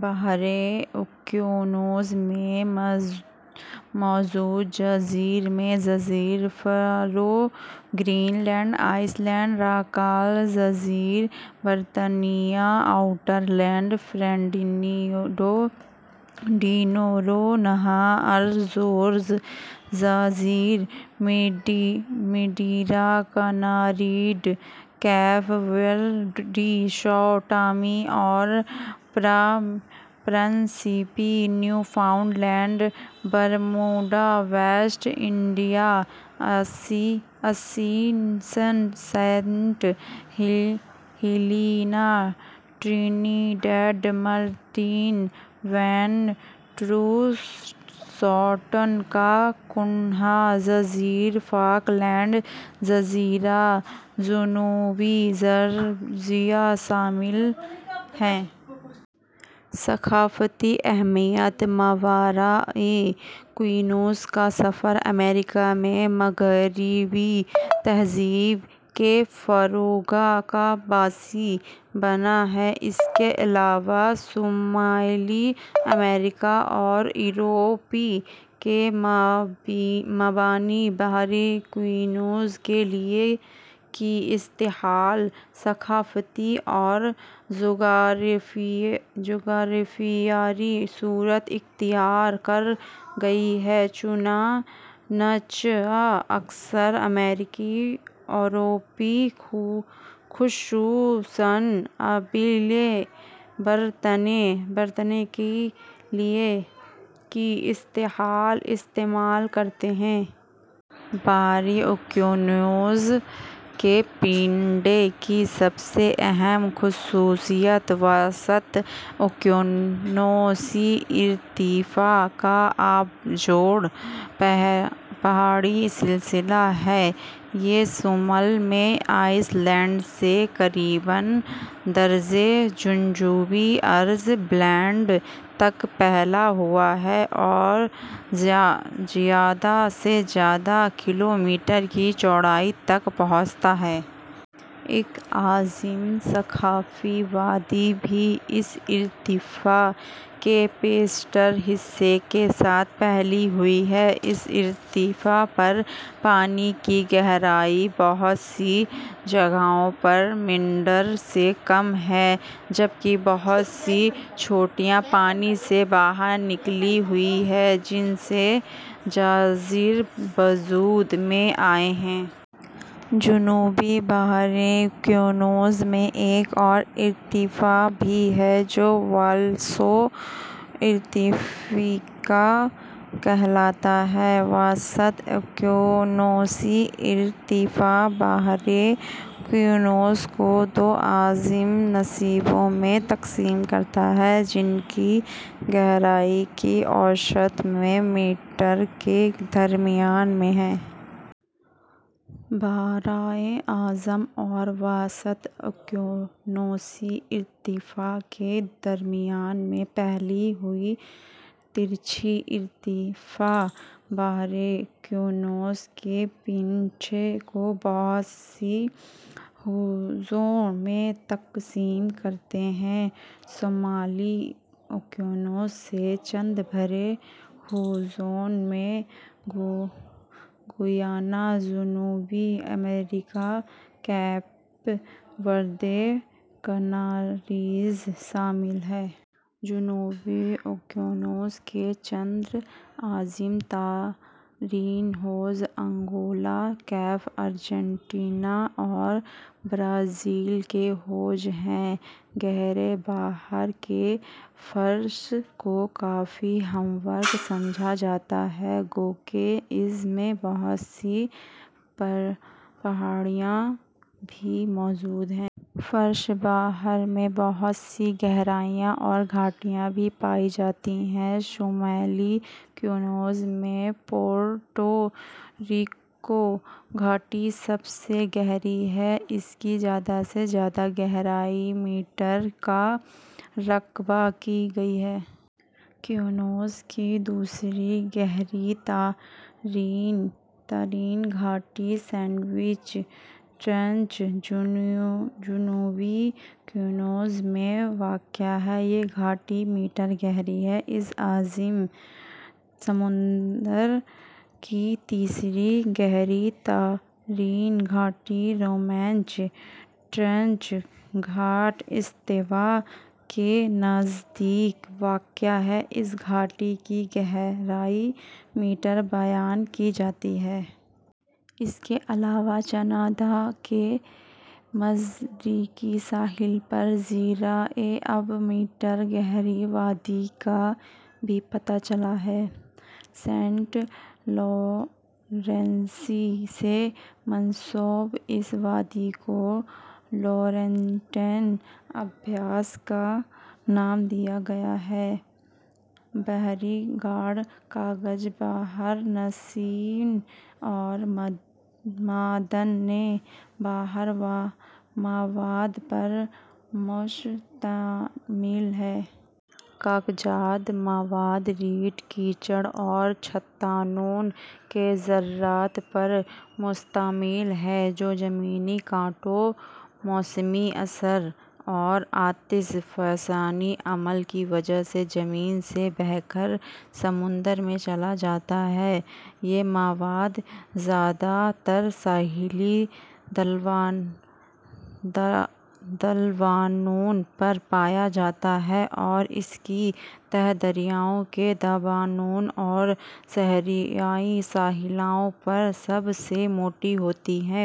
بحر اوقیانوس میں موجود جزائر میں جزائر Faroe, Greenland, Iceland, Rockall, جزائر برطانیہ، Ireland, Fernando de Noronha, Azores, جزائر Madeira, Canaries, Cape Verde, Sao Tome اور Principe, Newfoundland, Bermuda, West Indies, Ascension, Saint Helena, Trinidad, Martin Vaz, Tristan da Cunha, جزائر folk land, جزیرۂ جنوبی Georgia شامل ہیں۔ ثقافتی اہمیت: ماورائے اوقیانوس کا سفر امریکا میں مغربی تہذیب کے فروغ کا باعث بنا ہے، اس کے علاوہ شمالی امریکا اور یورپ کے مابین بحرِ اوقیا نوس کے لیے کی اصطلاح ثقافتی اور جغرافیائی صورت اختیار کر گئی ہے، چنانچہ اکثر امریکی، یورپ خصوصاً اہلِ برطانیہ کے لیے "" کی اصطلاح استعمال کرتے ہیں۔ بحر اوقیانوس کے پیندے کی سب سے اہم خصوصیت وسط اوقیانوسی ارتفاع کا آبدوز پہاڑی سلسلہ ہے۔ یہ شمال میں آئس لینڈ سے قریبا درجے جنوبی عرض بلد تک پھیلا ہوا ہے اور زیادہ سے زیادہ کلومیٹر کی چوڑائی تک پہنچتا ہے۔ ایک عظیم شگافی وادی بھی اس ارتفاع کے بیشتر حصے کے ساتھ پھیلی ہوئی ہے۔ اس ارتفاع پر پانی کی گہرائی بہت سی جگہوں پر میٹر سے کم ہے جبکہ بہت سی چوٹیاں پانی سے باہر نکلی ہوئی ہیں جن سے جزائر وجود میں آتے ہیں۔ جنوبی بحر اوقیانوس میں ایک اور ارتفاع بھی ہے جو والوس ارتفاع کہلاتا ہے۔ وسط اوقیانوسی ارتفاع بحر اوقیانوس کو دو عظیم نشیبوں میں تقسیم کرتا ہے جن کی گہرائی کی اوسط سے میٹر کے درمیان میں ہے۔ براعظموں اور وسط اوقیانوسی ارتفاع کے درمیان میں پھیلے ہوئے ترچھے ارتفاع بحر اوقیانوس کے پیندے کو بہت سے حوضوں میں تقسیم کرتے ہیں۔ شمالی اوقیانوس کے چند بڑے حوضوں میں گیانا ، جنوبی امریکا، کیپ وردے، کانریز شامل ہیں۔ جنوبی اوقیانوس کے چند عظیم ترین حوض انگولا، کیپ، ارجنٹینا اور برازیل کے حوض ہیں۔ گہرے بحر کے فرش کو کافی ہموار سمجھا جاتا ہے گوکہ اس میں بہت سی پہاڑیاں بھی موجود ہیں۔ فرش بحر میں بہت سی گہرائیاں اور گھاٹیاں بھی پائی جاتی ہیں۔ شمالی اوقیانوس میں پورٹو ریکو گھاٹی سب سے گہری ہے۔ اس کی زیادہ سے زیادہ گہرائی, میٹرریکا رڈ کی گئی ہے۔ اوقیانوس کی دوسری گہری ترین گھاٹی سینڈوچ ٹرنچہے، جنو بی اوقیانوس میں واقع یہ گھاٹی میٹرگہری ہے، اس عظیم سمندر کی تیسری گہری ترین گھاٹی رومانچے ٹرنچہے، خط ِاستواکے نزدیک واقع اس گھاٹی کی گہرائی میٹربیان کی جاتی ہے۔ اس کے علاوہ کینیڈا کے مشرقی ساحل پر زیرِآب, میٹر گہری وادی کا بھی پتہ چلا ہے، سینٹ لارنسسے منسوب اس وادی کولورینٹن ابیز کا نام دیا گیا ہے۔ بحری گاد خاکزاد، بحرنشین اور معدن البحر مواد پر مشتمل ہے۔ خاکزاد مواد ریت، کیچڑ اور چٹانوں کے ذرات پر مشتمل ہے جو زمینی کٹاؤ، موسمی اثر اور آتش فشانی عمل کی وجہ سے زمین سے بہہ کر سمندر میں چلا جاتا ہے۔ یہ مواد زیادہ تر ساحلی ڈھلوانوں پر پایا جاتا ہے اور اس کی تہ دریاؤں کے دہانوں اور صحرائی ساحلوں پر سب سے موٹی ہوتی ہے۔